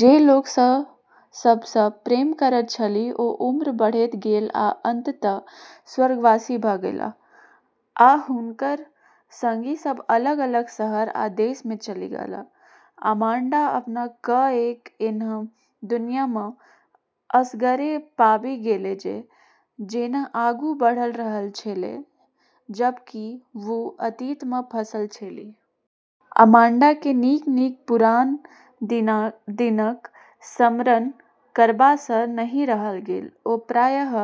जे लोक सब सऽ प्रेम करैत छलीह ओ उम्र बढ़ैत गेल आ अंततः स्वर्गवासी भऽ गेलाह, आ हुनकर संगी सब अलग-अलग शहर आ देश मे चलि गेलाह। अमांडा अपना कऽ एक ऐन्हऽ दुनिया मऽ असगरे पाबी गेलै जे जेना आगू बढ़ी रहलऽ छेलै, जबकि वू अतीत मऽ फंसलऽ छेली। अमांडा केँ नीक-नीक पुरान दिनक स्मरण करबा सँ नहि रहल गेल। ओ प्रायः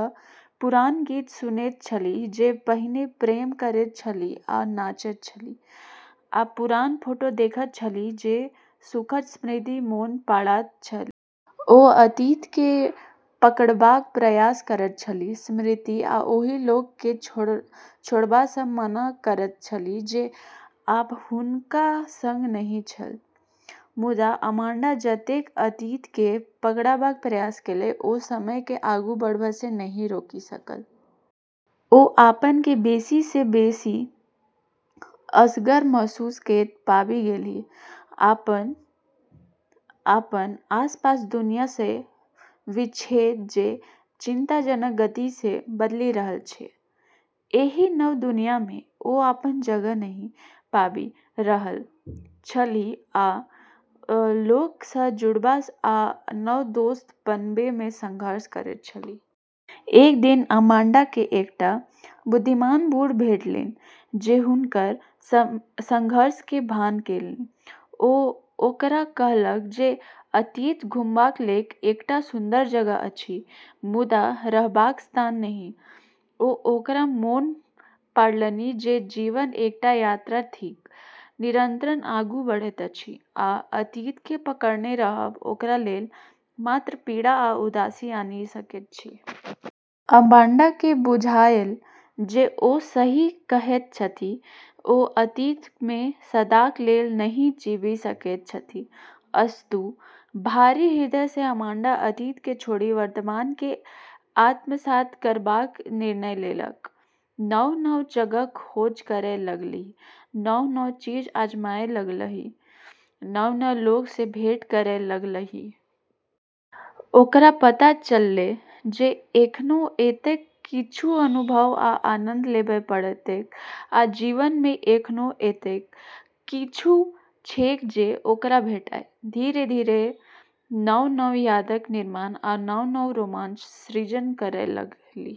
पुरान गीत सुनैत छलीह जे पहिने प्रेम करैत छलीह आ नाचैत छलीह, आ पुरान फोटो देखैत छलीह जे सुखद स्मृति मोन पाड़ैत छल। ओ अतीत केँ पकड़बाक प्रयास करैत छलीह, स्मृति आ ओहि लोक केँ छोड़बा सँ मना करैत छलीह जे आब हुनका संग नहि छल। मुदा अमांडा जतेक अतीत केँ पकड़बाक प्रयास केलक, ओ समय केँ आगू बढ़बा सँ नहि रोकि सकल। ओ अपना केँ बेसी सँ बेसी असगर महसूस करैत पाबि गेलीह, अपन आसपासक दुनियाँ सँ विच्छेद जे चिंताजनक गति सँ बदलि रहल छल। एहि नव दुनिया मे ओ अपन जगह नहि पाबि रहल छलीह आ लोक स जुड़बा आ नव दोस्त बनेबा मे संघर्ष करैत छलीह। एक दिन अमांडा के एकटा बुद्धिमान बूढ़ भेटलनि जे हुनकर संघर्ष के भान केलनि। ओ ओकरा कहलक जे अतीत घुमबाक लेल एकटा सुन्दर जगह अछि, मुदा रहबाक स्थान नहि, ओ ओकरा मोन पाड़लनि जे जीवन एकटा यात्रा थिक, निरंतर आगू बढ़ैत अछि, आ अतीत केँ पकड़ने रहब ओकरा लेल मात्र पीड़ा आ उदासी आनि सकैत अछि। अमांडा के बुझायल जे ओ सही कहैत छथि ओ अतीत मे सदाक लेल नहि जीबि सकैत छथि। अस्तु, भारी हृदय सँ अमांडा अतीत केँ छोड़ि वर्तमान केँ आत्मसात करबाक निर्णय लेलक। नव-नव जगहक खोज करय लगलीह, नव-नव चीज आजमाबय लगलीह, नव-नव लोक सऽ भेंट करय लगलीह । ओकरा पता चललै जे एखनो एतेक किछु अनुभव आ आनंद लेबय पड़तैक, आ जीवन मे एखनो एतेक किछु छैक जे ओकरा भेटय। धीरे-धीरे नव-नव यादक निर्माण आ नव-नव रोमांच सृजन करय लगलीह।